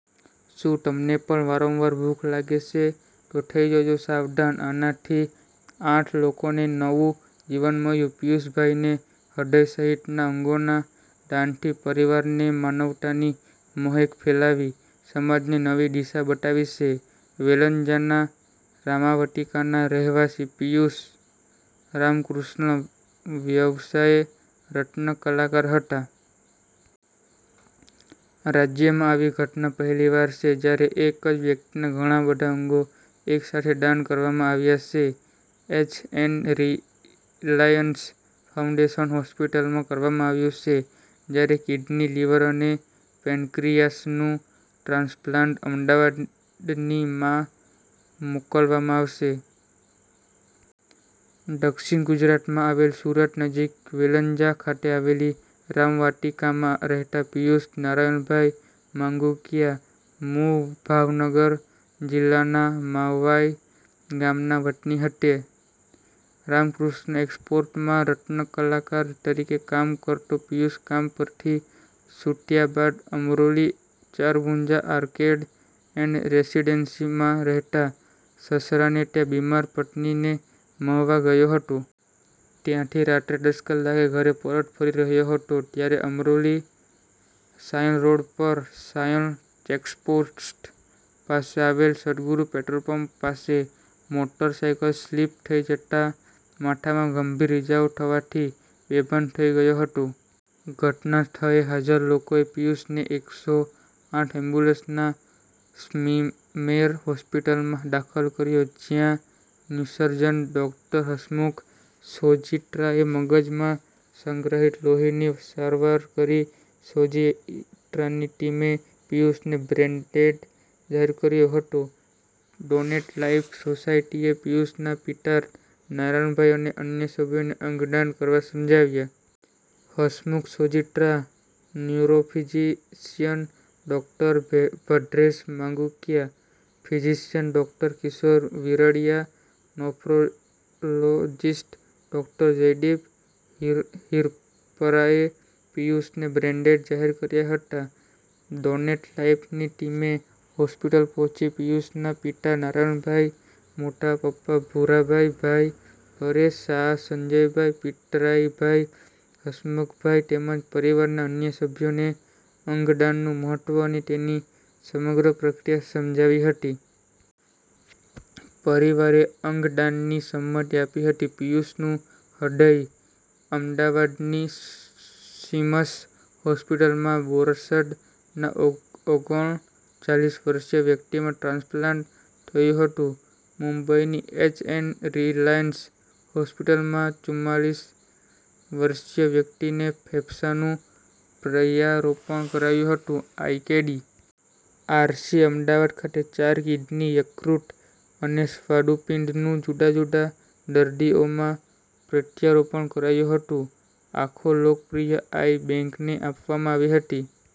શું તમને પણ વારંવાર ભૂખ લાગે છે તો થઈ જજો સાવધાન! આનાથી આઠ લોકોને નવું જીવન મળ્યું. પીયુષભાઈનું હ્રદય સહિતના અંગોના દાનથી પરિવારે માનવતાની મહેક ફેલાવી સમાજને નવી દિશા બતાવી છે. વેલંજાના રામાવટિકાના રહેવાસી પીયૂષ રામકૃષ્ણ વ્યવસાયે રત્નકલાકાર હતા. રાજ્યમાં આવી ઘટના પહેલીવાર છે જ્યારે એક જ વ્યક્તિના ઘણા બધા અંગો એક સાથે દાન કરવામાં આવ્યા છે. એચ. એન. રિલાયન્સ ફાઉન્ડેશન હોસ્પીટલમાં કરવામાં આવ્યું છે. જ્યારે કિડની, લિવર અને પેન્ક્રીયાસનું ટ્રાન્સપ્લાન્ટ અમદાવાદની માં મોકલવામાં આવશે. દક્ષીણ ગુજરાતમાં આવેલ સુરત નજીક વેલંજા ખાતે આવેલી રામવાટીકામાં રહેતા પીયુષ નારાયણભાઈ માંગુકીયા મૂળ ભાવનગર જિલ્લાના માળવાય ગામના વતની હતી. રામકૃષ્ણ એક્ષ્પોર્ટમાં રત્નકલાકાર તરીકે કામ કરતો પીયુષ કામ પરથી છુટ્યા બાદ અમરોલી ચારભુજા આર્કેડ એન્ડ રેસીડેન્સીમાં રહેતા સસરાને ત્યાં બીમાર પત્નીને મળવા ગયો હતો. ત્યાંથી રાત્રે દસ કલાકે ઘરે પરત ફરી રહ્યો હતો ત્યારે અમરોલી સાયણ રોડ પર સાયણ ચેકપોસ્ટ પાસે આવેલ સદગુરુ પેટ્રોલપંપ પાસે મોટરસાયકલ સ્લીપ થઇ જતા માથામાં ગંભીર ઈજાઓ થવાથી બેભાન થઇ ગયો હતો. ઘટના સ્થળે હાજર લોકોએ પિયુષને એકસો આઠ એમ્બ્યુલન્સમાં સ્મીમેર હોસ્પિટલમાં દાખલ કર્યો. જ્યાં ન્યુસર્જન ડૉક્ટર હમસમુખ સોજીત્રાએ મગજમાં સંગ્રહિત લોહીની સારવાર કરી. સોજીત્રાની ટીમે પિયુષને બ્રેનેડ જાહેર કર્યો હતો. ડોનેટ લાઇફ સોસાયટીએ પિયુષના પિતા નારાયણભાઇ અને અન્ય સભ્યોને અંગદાન કરવા સમજાવ્યા. Hasmukh Sojitra, neurophysician doctor Bhadresh Mangukiya, physician doctor Kishor Viradiya, nephrologist doctor Jaydeep હીરપરાએ પીયુષને બ્રેનડેડ જાહેર કર્યા હતા. ડોનેટ લાઈફની ટીમે હોસ્પિટલ પહોંચી પીયુષના પિતા નારણભાઈ, મોટા પપ્પા ભુરાભાઈ, ભાઈ પરેશ, સાળા સંજયભાઈ, પિતરાઈ ભાઈ હસમુખભાઈ તેમજ પરિવારના અન્ય સભ્યોને અંગદાનનું મહત્વ અને તેની સમગ્ર પ્રક્રિયા સમજાવી હતી. પરિવારે અંગદાનની સંમતિ આપી હતી. પીયુષનું હૃદય અમદાવાદની સિમ્સ હોસ્પિટલમાં બોરસદ ના ઓગણચાલીસ વર્ષીય વ્યક્તિમાં ટ્રાન્સપ્લાન્ટ થયું હતું. મુંબઇની એચ. એન. રિલાયન્સ હોસ્પિટલમાં ચૂમાળીસ વર્ષીય વ્યક્તિને ફેફસાંનું પ્રયારોપણ કરાયું હતું. I. K. D. R. C., Ahmedabad ખાતે ચાર કિડની, યકૃત અને સ્વાદુપિંડનું જુદા જુદા ચાર દર્દીઓમાં પ્રત્યારોપણ કરાયું હતું. આંખો લોકપ્રિય આઇ બેંકને આપવામાં આવી હતી.